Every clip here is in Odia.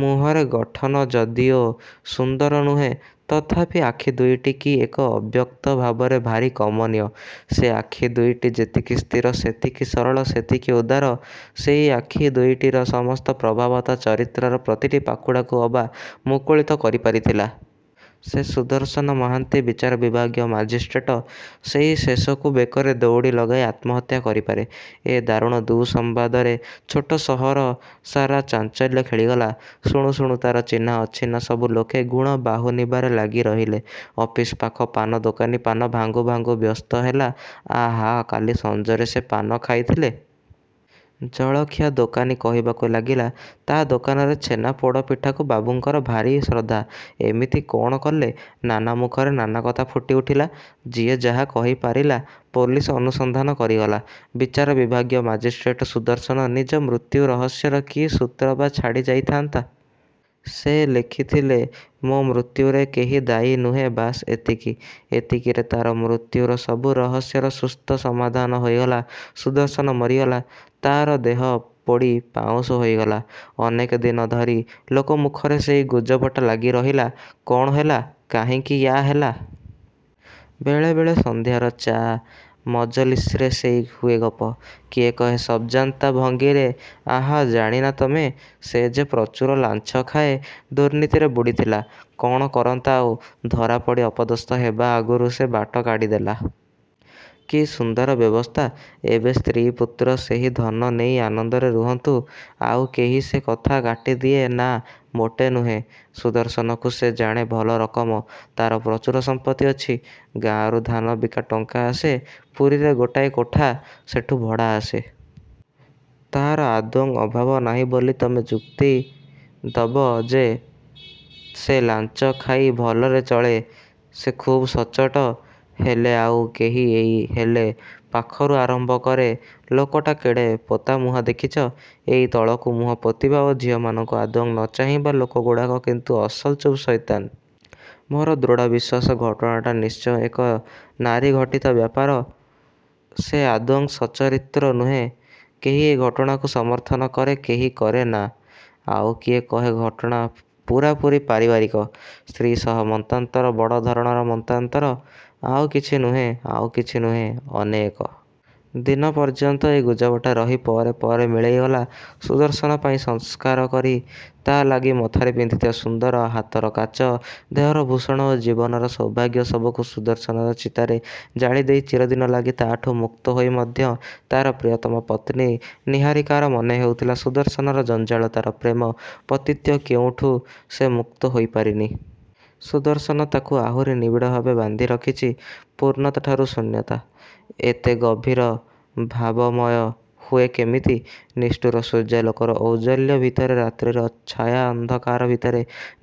ମୁହଁରେ ଗଠନ ଯଦିଓ ସୁନ୍ଦର ନୁହେଁ, ତଥାପି ଆଖି ଦୁଇଟି କି ଏକ ଅବ୍ୟକ୍ତ ଭାବରେ ଭାରି କମନୀୟ! ସେ ଆଖି ଦୁଇଟି ଯେତିକି ସ୍ଥିର, ସେତିକି ସରଳ; ସେତିକି ଉଦାର। ସେଇ ଆଖି ଦୁଇଟିର ସମସ୍ତ ପ୍ରଭାବ ତା ଚରିତ୍ରର ପ୍ରତିଟି ପାଖୁଡ଼ାକୁ ଅବା ମୁକୁଳିତ କରିପାରିଥିଲା। ସେ ସୁଦର୍ଶନ ମହାନ୍ତି, ବିଚାର ବିଭାଗୀୟ ମାଜିଷ୍ଟ୍ରେଟ। ସେଇ ଶେଷକୁ ବେକରେ ଦଉଡ଼ି ଲଗାଇ ଆତ୍ମହତ୍ୟା କରିପାରେ! ଏ ଦାରୁଣ ଦୁଃସମ୍ବାଦରେ ଛୋଟ ସହର ସାରା ଚାଞ୍ଚଲ୍ୟ ଖେଳିଗଲା। ଶୁଣୁ ଶୁଣୁ ତାର ଚିହ୍ନାଅଚିହ୍ନା ସବୁ ଲୋକେ, ଗୁଣ ବାହୁନିବାରେ ଲାଗି ରହିଲେ। ଅଫିସ୍ ପାଖ ପାନଦୋକାନୀ ପାନ ଭାଙ୍ଗୁ ଭାଙ୍ଗୁ ବ୍ୟସ୍ତ ହେଲା "ଆହା, କାଲି ସଞ୍ଜରେ ସେ ପାନ ଖାଇଥିଲେ।" ଜଳଖିଆ ଦୋକାନୀ କହିବାକୁ ଲାଗିଲା, "ତା' ଦୋକାନରେ ଛେନା ପୋଡ଼ପିଠାକୁ ବାବୁଙ୍କର ଭାରି ଶ୍ରଦ୍ଧା। ଏମିତି କଣ କଲେ?" ନାନା ମୁଖରେ ନାନା କଥା ଫୁଟିଉଠିଲା। ଯିଏ ଯାହା କହିପାରିଲା, ପୋଲିସ୍ ଅନୁସନ୍ଧାନ କରିଗଲା, ବିଚାର ବିଭାଗୀୟ ମାଜିଷ୍ଟ୍ରେଟ ସୁଦର୍ଶନ, ନିଜ ମୃତ୍ୟୁ ରହସ୍ୟର କି ସୂତ୍ର ବା ଛାଡ଼ି ଯାଇଥାନ୍ତା? ସେ ଲେଖିଥିଲେ, "ମୋ' ମୃତ୍ୟୁରେ କେହି ଦାୟୀ ନୁହେଁ; ବାସ୍ ଏତିକି।"ଏତିକିରେ ତା'ର ମୃତ୍ୟୁର ସବୁ ରହସ୍ୟର ସୁସ୍ଥ ସମାଧାନ ହୋଇଗଲା। ସୁଦର୍ଶନ ମରିଗଲା। ତାର ଦେହ ପୋଡ଼ି ପାଉଁଶ ହୋଇଗଲା। ଅନେକ ଦିନ ଧରି ଲୋକମୁଖରେ ସେଇ ଗୁଜବଟା ଲାଗିରହିଲା। କ'ଣ ହେଲା? କାହିଁକି ୟା ହେଲା? ବେଳେ ବେଳେ ସଂଧ୍ୟାର ଚା ମଜଲିସ୍ରେ ସେଇ ହୁଏ ଗପ। କିଏ କହେ ସବ୍‌ଜାନ୍ତା ଭଙ୍ଗୀରେ, "ଆହା ଜାଣି ନା ତମେ, ସେ ଯେ ପ୍ରଚୁର ଲାଞ୍ଚ ଖାଏ, ଦୁର୍ନୀତିରେ ବୁଡ଼ିଥିଲା। କ'ଣ କରନ୍ତା ଆଉ? ଧରାପଡ଼ି ଅପଦସ୍ଥ ହେବା ଆଗରୁ ସେ ବାଟ କାଡିଦେଲା। କି ସୁନ୍ଦର ବ୍ୟବସ୍ଥା! ଏବେ ସ୍ତ୍ରୀ-ପୁତ୍ର ସେହି ଧନ ନେଇ ଆନନ୍ଦରେ ରୁହନ୍ତୁ।"ଆଉ କେହି ସେ କଥା କାଟିଦିଏ, "ନାଁ, ମୋଟେ ନୁହେଁ। ସୁଦର୍ଶନକୁ ସେ ଜାଣେ ଭଲ ରକମ। ତାର ପ୍ରଚୁର ସମ୍ପତ୍ତି ଅଛି। ଗାଁରୁ ଧାନ ବିକା ଟଙ୍କା ଆସେ। ପୁରୀରେ ଗୋଟାଏ କୋଠା; ସେଠୁ ଭଡ଼ା ଆସେ। ତାର ଆଦୌ ଅଭାବ ନାହିଁ ବୋଲି ତମେ ଯୁକ୍ତି ଦବ ଯେ ସେ ଲାଞ୍ଚ ଖାଇ ଭଲରେ ଚଳେ? ସେ ଖୁବ୍ ସଚ୍ଚୋଟ। ହେଲେ"ଆଉ କେହି ଏଇ 'ହେଲେ' ପାଖରୁ ଆରମ୍ଭ କରେ, "ଲୋକଟା କେଡ଼େ ପୋତାମୁହାଁ ଦେଖିଚ? ଏଇ ତଳକୁ ମୁହଁପୋତିବା ଓ ଝିଅମାନଙ୍କୁ ଆଦୌ ନ ଚାହିଁବା ଲୋକଗୁଡ଼ାକ କିନ୍ତୁ ଅସଲ ଚୁପ୍‌ସଇତାନ! ମୋର ଦୃଢ଼ ବିଶ୍ୱାସ, ଘଟଣାଟା ନିଶ୍ଚୟ ଏକ ନାରୀଘଟିତ ବ୍ୟାପାର। ସେ ଆଦୌ ସଚ୍ଚରିତ୍ର ନୁହେଁ।"କେହି ଏ ଘଟଣାକୁ ସମର୍ଥନ କରେ, କେହି କରେ ନାଁ, ଆଉ କିଏ କହେ, "ଘଟଣା ପୂରାପୂରି ପାରିବାରିକ। ସ୍ତ୍ରୀ ସହ ମତାନ୍ତର, ବଡ଼ ଧରଣର ମତାନ୍ତର। ଆଉ କିଛି ନୁହେଁ, ଆଉ କିଛି ନୁହେଁ।"ଅନେକ ଦିନ ପର୍ଯ୍ୟନ୍ତ ଏ ଗୁଜବଟା ରହି ପରେ ପରେ ମିଳେଇଗଲା। ସୁଦର୍ଶନ ପାଇଁ ସଂସ୍କାର କରି, ତା' ଲାଗି ମଥାରେ ପିନ୍ଧିଥିବା ସିନ୍ଦୂର, ହାତର କାଚ, ଦେହର ଭୂଷଣ ଓ ଜୀବନର ସୌଭାଗ୍ୟ ସବୁକୁ ସୁଦର୍ଶନର ଚିତାରେ ଜାଳିଦେଇ ଚିରଦିନ ଲାଗି ତା' ଠୁ ମୁକ୍ତ ହୋଇ ମଧ୍ୟ, ତାର ପ୍ରିୟତମା ପତ୍ନୀ ନିହାରିକାର ମନେହେଉଥିଲା, ସୁଦର୍ଶନର ଜଞ୍ଜାଳ, ତାର ପ୍ରେମ, ପତିତ୍ୱ କେଉଁଠୁ ସେ ମୁକ୍ତ ହୋଇପାରିନି। ସୁଦର୍ଶନ ତାକୁ ଆହୁରି ନିବିଡ଼ଭାବେ ବାନ୍ଧି ରଖିଚି। ପୂର୍ଣ୍ଣତା ଠାରୁ ଶୂନ୍ୟତା। ଏତେ ଗଭୀର ଭାବମୟ ହୁଏ କେମିତି? ନିଷ୍ଠୁର ସୂର୍ଯ୍ୟାଲୋକର ଔଜ୍ଜ୍ୱଲ୍ୟ ଭିତରେ, ରାତ୍ରିର ଛାୟାନ୍ଧକାର ଭିତରେ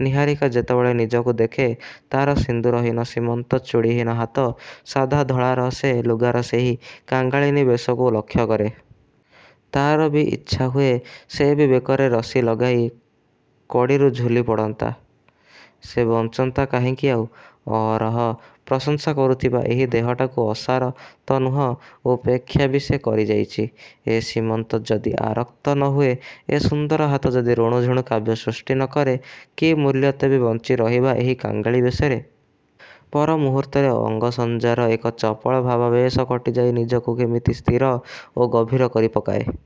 ନିହାରିକା ଯେତେବେଳେ ନିଜକୁ ଦେଖେ, ତାର ସିନ୍ଦୂରହୀନ ସୀମନ୍ତ, ଚୁଡ଼ିହୀନ ହାତ, ସାଧା ଧଳାର ସେ ଲୁଗାର ସେହି କାଙ୍ଗାଳିନୀ ବେଶକୁ ଲକ୍ଷ୍ୟକରେ। ତାର ବି ଇଚ୍ଛା ହୁଏ, ସେ ବି ବେକରେ ରଶି ଲଗାଇ କଡ଼ିରୁ ଝୁଲି ପଡ଼ନ୍ତା। ସେ ବଞ୍ଚନ୍ତା କାହିଁକି ଆଉ? ଅହରହ ପ୍ରଶଂସା କରୁଥିବା ଏହି ଦେହଟାକୁ ଅସାର ତ ନୁହଁ, ଉପେକ୍ଷା ବି ସେ କରିଯାଇଚି। ଏ ସୀମନ୍ତ ଯଦି ଆରକ୍ତ ନ ହୁଏ, ଏ ସୁନ୍ଦର ହାତ ଯଦି ରୁଣୁଝୁଣୁ କାବ୍ୟ ସୃଷ୍ଟି ନ କରେ, କି ମୂଲ୍ୟ ତେବେ ବଞ୍ଚିରହିବା ଏହି କାଙ୍ଗାଳି ବେଶରେ! ପରମୁହୂର୍ତ୍ତରେ ଅଙ୍ଗସଜ୍ଜାର ଏକ ଚପଳ ଭାବାବେଶ କଟିଯାଇ ନିଜକୁ କିମିତି ସ୍ଥିର ଓ ଗଭୀର କରିପକାଏ।